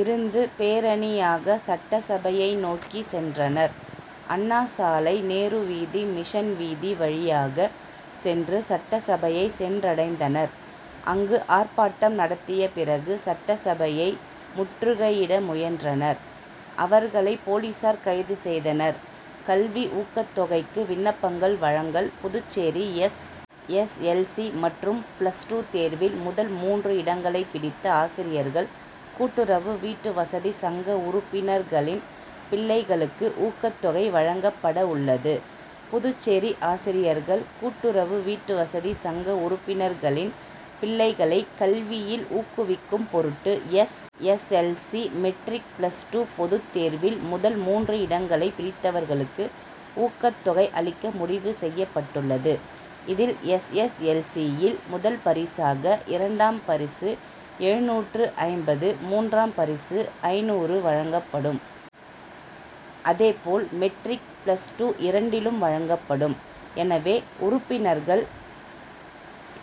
இருந்து பேரணியாக சட்டசபையை நோக்கி சென்றனர். அண்ணா சாலை, நேரு வீதி, மிஷன் வீதி வழியாக சென்று சட்டசபையை சென்றடைந்தனர். அங்கு ஆர்ப்பாட்டம் நடத்திய பிறகு, சட்டசபையை முற் றுகையிட முயன்றனர். அவர்களை போலீசார் கைது செய்தனர். கல்வி ஊக்கத் தொகைக்கு விண்ணப்பங்கள் வழங்கல் Puducherry S. S. L. C., மற்றும் பிளஸ் டூ தேர்வில் முதல் மூன்று இடங்களை பிடித்த ஆசிரியர்கள் கூட்டுறவு வீட்டுவசதிச் சங்க உறுப்பினர்களின் பிள்ளைகளுக்கு ஊக்கத் தொகை வழங்கப்பட உள்ளது. புதுச்சேரி ஆசிரியர்கள் கூட்டுறவு வீட்டுவசதி சங்க உறுப்பினர்களின் பிள்ளைகளை கல்வியில் ஊக்குவிக் கும் பொருட்டு, S. S. L. C., matric, plus two பொதுத் தேர்வில் முதல் மூன்று இடங்களை பிடித்தவர்களுக்கு ஊக்கத் தொகை அளிக்க முடிவு செய்யப்பட்டுள்ளது. இதில் எஸ். எஸ். எல். சி., யில் முதல் பரிசாக, இரண்டாம் பரிசு எழுநூற்று ஐம்பது, மூன்றாம் பரிசு ஐந்நூறு வழங்கப்படும். அதேபோல் மெட்ரிக், பிளஸ் இரண்டிலும் வழங்கப்படும். எனவே, உறுப்பினர்கள்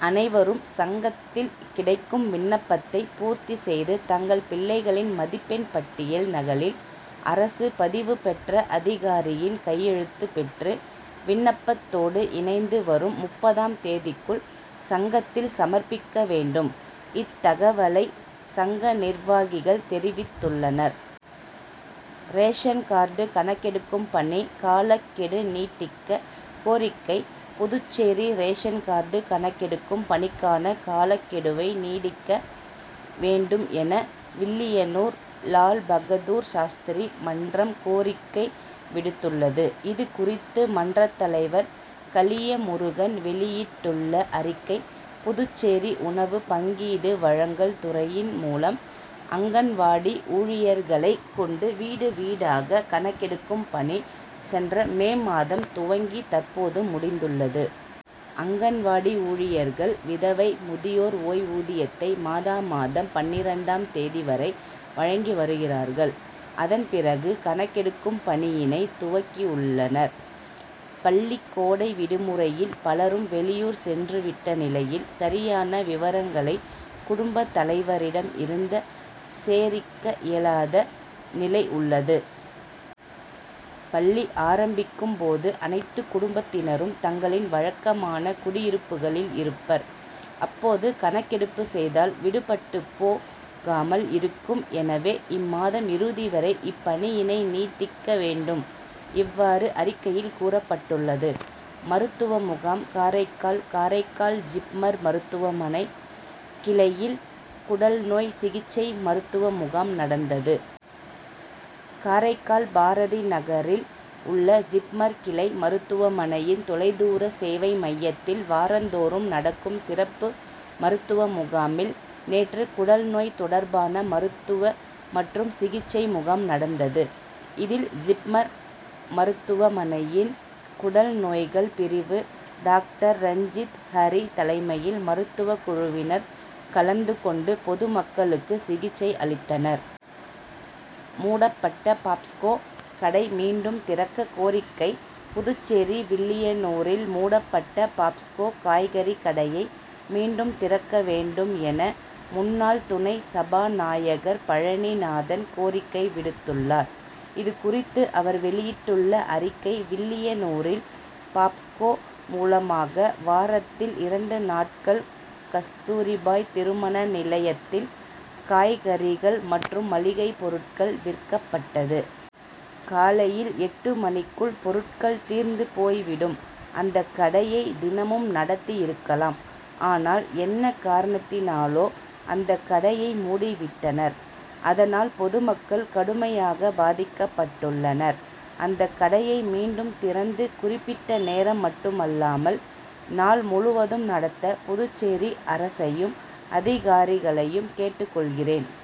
அனைவரும் சங்கத்தில் கிடைக்கும் விண்ணப்பத்தை பூர்த்தி செய்து, தங்கள் பிள்ளைகளின் மதிப்பெண் பட்டியல் நகலில் அரசு பதிவு பெற்ற அதிகாரியின் கையெழுத்து பெற்று, விண்ணப்பத்தோடு இணைத்து, வரும் முப்பதாம் தேதிக்குள் சங்கத்தில் சமர்ப்பிக்க வேண்டும். இத்தகவலை சங்க நிர்வாகிகள் தெரிவித்துள்ளனர். ரேஷன் கார்டு கணக்கெடுக்கும் பணி காலக்கெடு நீட்டிக்க கோரிக்கை புதுச்சேரி ரேஷன் கார்டு கணக்கெடுக்கும் பணிக்கான காலக் கெடுவை நீட்டிக்க வேண் டும் என, வில்லியனூர் லால்பகதூர் சாஸ்திரி மன்றம் கோரிக்கை விடுத் துள்ளது. இது குறித்து மன்றத் தலைவர் கலியமுருகன் வெளியிட்டுள்ள அறிக்கை புதுச்சேரி உணவு பங்கீடு வழங்கல் துறையின் மூலம் அங்கன்வாடி ஊழியர்களை கொண்டு வீடு வீடாக கணக் கெடுக்கும் பணி சென்ற மே மாதம் துவங்கி, தற்போது முடிந் துள்ளது. அங்கன்வாடி ஊழியர் கள் விதவை, முதியோர் ஓய்வூதியத்தை மாதா மாதம் பன்னிரண்டாம் தேதி வரை வழங்கி வருகிறார்கள். அதன் பிறகு கணக்கெடுக் கும் பணியினை துவக்கி உள்ளனர். பள்ளி கோடை விடுமுறையில் பலரும் வெளியூர் சென்று விட்ட நிலையில், சரியான விவரங்களை குடும்ப தலைவரிடம் இருந்த சேரிக்க இயலாத நிலை உள்ளது. பள்ளி ஆரம்பிக்கும் போது அனைத்து குடும்பத்தினரும் தங்களின் வழக்கமான குடியிருப்புகளில் இருப்பர். அப்போது கணக்கெடுப்பு செய்தால், விடுபட்டு போ காமல் இருக்கும். எனவே, இம்மாதம் இறுதி வரை இப்பணியினை நீட்டிக்க வேண்டும். இவ்வாறு அறிக்கையில் கூறப்பட்டுள்ளது. மருத்துவ முகாம் காரைக்கால் காரைக்கால் ஜிப்மர் மருத்துவமனை கிளையில் குடல்நோய் சிகிச்சை மருத்துவ முகாம் நடந்தது. காரைக்கால் பாரதி நகரில் உள்ள ஜிப்மர் கிளை மருத்துவமனையின் தொலைதூர சேவை மையத்தில் வாரந்தோறும் நடக்கும் சிறப்பு மருத்துவமுகாமில் நேற்று குடல் நோய் தொடர்பான மருத் துவ மற்றும் சிகிச்சை முகாம் நடந்தது. இதில் ஜிப்மர் மருத்துவ மனையின் குடல் நோய்கள் பிரிவு டாக்டர் ரஞ்சித்ஹரி தலைமையில் மருத்துவக் குழுவினர் கலந்து கொண்டு, பொதுமக்களுக்கு சிகிச்சை அளித்தனர். மூடப்பட்ட பாப்ஸ்கோ கடைமீண்டும் திறக்க கோரிக்கை புதுச்சேரி வில்லியனூரில் மூடப் பட்ட பாப்ஸ்கோ காய்கறி கடையை மீண்டும் திறக்க வேண்டும் என முன்னாள் துணை சபாநாயகர் பழனிநாதன் கோரிக்கை விடுத் துள்ளார். இது குறித்து அவர் வெளியிட்டுள்ள அறிக்கை வில்லியனூரில் பாப்ஸ்கோ மூலமாக வாரத் தில் இரண்டு நாட்கள் கஸ்தூரிபாய் திருமண நிலையத்தில் காய்கறிகள் மற்றும் மளிகை பொருட்கள் விற்கப்பட்டது. காலையில் எட்டு மணிக்குள் பொருட் கள் தீர்ந்து போய்விடும். அந்த கடையை தினமும் நடத்தி இருக்கலாம். ஆனால் என்ன காரணத் தினாலோ அந்த கடையை மூடிவிட்டனர். அதனால் பொதுமக்கள் கடுமையாக பாதிக்கப்பட்டுள்ளனர். அந்த கடையை மீண்டும் திறந்து, குறிப்பிட்ட நேரம் மட்டுமில்லாமல் நாள் முழுவதும் நடத்த புதுச்சேரி அரசையும், அதிகாரிகளையும் கேட்டுக் கொள்கிறேன்.